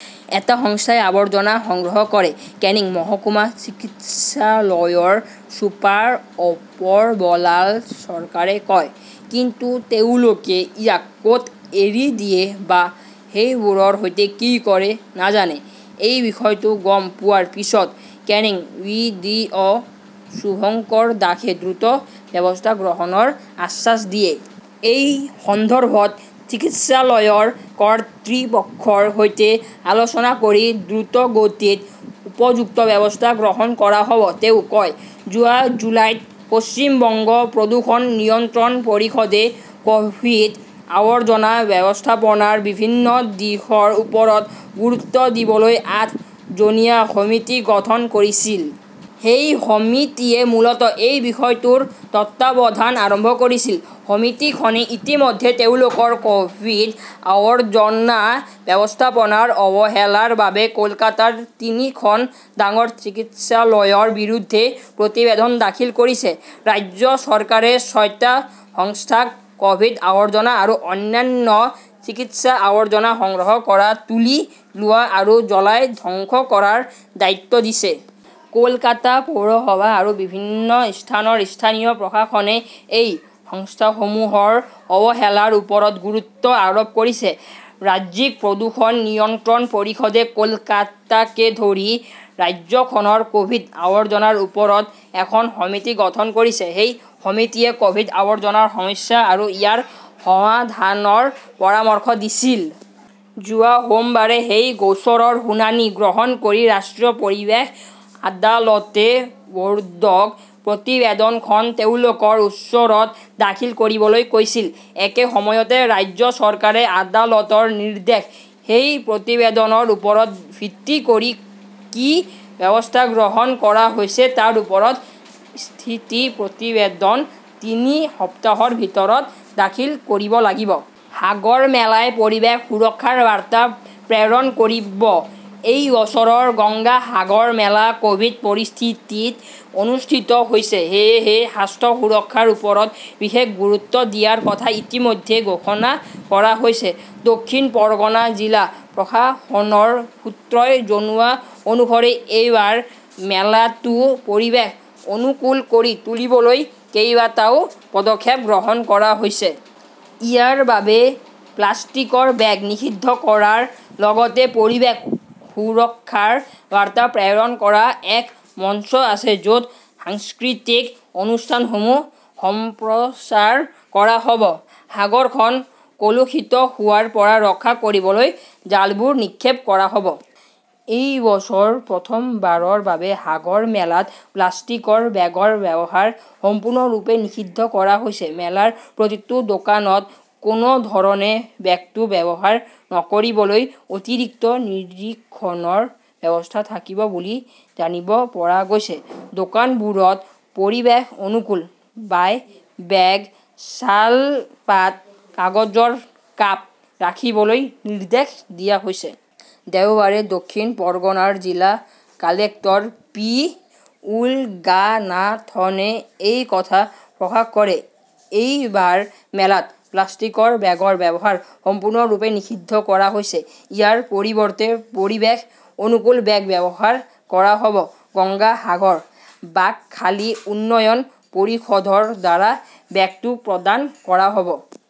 এটা সংস্থাই আৱৰ্জনা সংগ্ৰহ কৰে, কেনিং মহকুমা চিকিৎসালয়ৰ ছুপাৰ অপৰবলাল চৰকাৰে কয়। কিন্তু তেওঁলোকে ইয়াক কত এৰি দিয়ে বা সেইবোৰৰ সৈতে কি কৰে নাজানে। এই বিষয়টো গম পোৱাৰ পিছত Canning B. D. O. Shubhankar দাসে দ্ৰুত ব্যৱস্থা গ্ৰহণৰ আশ্বাস দিয়ে। এই সন্দৰ্ভত চিকিৎসালয়ৰ কৰ্তৃপক্ষৰ সৈতে আলোচনা কৰি দ্ৰুতগতিত উপযুক্ত ব্যৱস্থা গ্ৰহণ কৰা হব, তেওঁ কয়। যোৱা জুলাইত পশ্চিম বংগ প্ৰদূষণ নিয়ন্ত্ৰণ পৰিষদে ক'ভিড-আৱৰ্জনা ব্যৱস্থাপনাৰ বিভিন্ন দিশৰ ওপৰত গুৰুত্ব দিবলৈ আঠ জনীয়া সমিতি গঠন কৰিছিল। সেই সমিতিয়ে মূলতঃ এই বিষয়টোৰ তত্বাৱধান আৰম্ভ কৰিছিল। সমিতিখনে ইতিমধ্যে তেওঁলোকৰ কভিড-আৱৰ্জনা ব্যৱস্থাপনাৰ অৱহেলাৰ বাবে কলকাতাৰ তিনিখন ডাঙৰ চিকিৎসালয়ৰ বিৰুদ্ধে প্ৰতিবেদন দাখিল কৰিছে। ৰাজ্য চৰকাৰে ছয়টা সংস্থাক কভিড-আৱৰ্জনা আৰু অন্যান্য চিকিৎসা-আৱৰ্জনা সংগ্ৰহ কৰা, তুলি লোৱা আৰু জ্বলাই ধ্বংস কৰাৰ দায়িত্ব দিছে। কলকাতা পৌৰসভা আৰু বিভিন্ন স্থানৰ স্থানীয় প্ৰশাসনে এই সংস্থাসমূহৰ অৱহেলাৰ ওপৰত গুৰুত্ব আৰোপ কৰিছে। ৰাজ্যিক প্ৰদূষণ নিয়ন্ত্ৰণ পৰিষদে কলকাতাকে ধৰি ৰাজ্যখনৰ কভিড আৱৰ্জনাৰ ওপৰত এখন সমিতি গঠন কৰিছে। সেই সমিতিয়ে কভিড-আৱৰ্জনাৰ সমস্যা আৰু ইয়াৰ সমাধানৰ পৰামৰ্শ দিছিল। যোৱা সোমবাৰে সেই গোচৰৰ শুনানি গ্ৰহণ কৰি ৰাষ্ট্ৰীয় পৰিৱেশ আদালতে বোৰ্ডক প্ৰতিবেদনখন তেওঁলোকৰ ওচৰত দাখিল কৰিবলৈ কৈছিল। একে সময়তে, ৰাজ্য চৰকাৰে আদালতৰ নিৰ্দেশ, সেই প্ৰতিবেদনৰ ওপৰত ভিত্তি কৰি কি ব্যৱস্থা গ্ৰহণ কৰা হৈছে তাৰ ওপৰত 'স্থিতি প্ৰতিবেদন' তিনি সপ্তাহৰ ভিতৰত দাখিল কৰিব লাগিব। সাগৰমেলাই পৰিৱেশ সুৰক্ষাৰ বাৰ্তা প্ৰেৰণ কৰিব এই বছৰৰ গংগা সাগৰ মেলা কভিড পৰিস্থিতিত অনুষ্ঠিত হৈছে। সেয়েহে স্বাস্থ্য-সুৰক্ষাৰ ওপৰত বিশেষ গুৰুত্ব দিয়াৰ কথা ইতিমধ্যে ঘোষণা কৰা হৈছে। দক্ষিণ পৰগনা জিলা প্ৰশাসনৰ সূত্ৰই জনোৱা অনুসৰি এইবাৰ মেলাটো পৰিৱেশ অনুকূল কৰি তুলিবলৈ কেইবাটাও পদক্ষেপ গ্ৰহণ কৰা হৈছে। ইয়াৰ বাবে প্লাষ্টিকৰ বেগ নিষিদ্ধ কৰাৰ লগতে পৰিৱেশ সুৰক্ষাৰ বাৰ্তা প্ৰেৰণ কৰা এক মঞ্চ আছে য 'ত সাংস্কৃতিক অনুষ্ঠানসমূহ সম্প্ৰচাৰ কৰা হ' ব। সাগৰখন কলুষিত হোৱাৰ পৰা ৰক্ষা কৰিবলৈ জালবোৰ নিক্ষেপ কৰা হ'ব। এই বছৰ প্ৰথমবাৰৰ বাবে সাগৰ মেলাত প্লাষ্টিকৰ বেগৰ ব্যৱহাৰ সম্পূৰ্ণৰূপে নিষিদ্ধ কৰা হৈছে। মেলাৰ প্ৰতিটো দোকানত কোনো ধৰণে বেগটো ব্যৱহাৰ নকৰিবলৈ অতিৰিক্ত নিৰীক্ষণৰ ব্যৱস্থা থাকিব বুলি জানিব পৰা গৈছে। দোকানবোৰত পৰিৱেশ-অনুকূল বায় বেগ, শালপাত, কাগজৰ কাপ ৰাখিবলৈ নিৰ্দেশ দিয়া হৈছে। দেওবাৰে দক্ষিণ পৰগনাৰ জিলা কালেক্টৰ পি. উলগানাথনে এই কথা প্ৰকাশ কৰে। এই বাৰ মেলাত প্লাষ্টিকৰ বেগৰ ব্যৱহাৰ সম্পূৰ্ণৰূপে নিষিদ্ধ কৰা হৈছে। ইয়াৰ পৰিৱৰ্তে পৰিৱেশ অনুকূল বেগ ব্যৱহাৰ কৰা হ'ব। গংগা সাগৰ-বাকখালী উন্নয়ন পৰিষদৰ দ্বাৰা বেগটো প্ৰদান কৰা হ 'ব।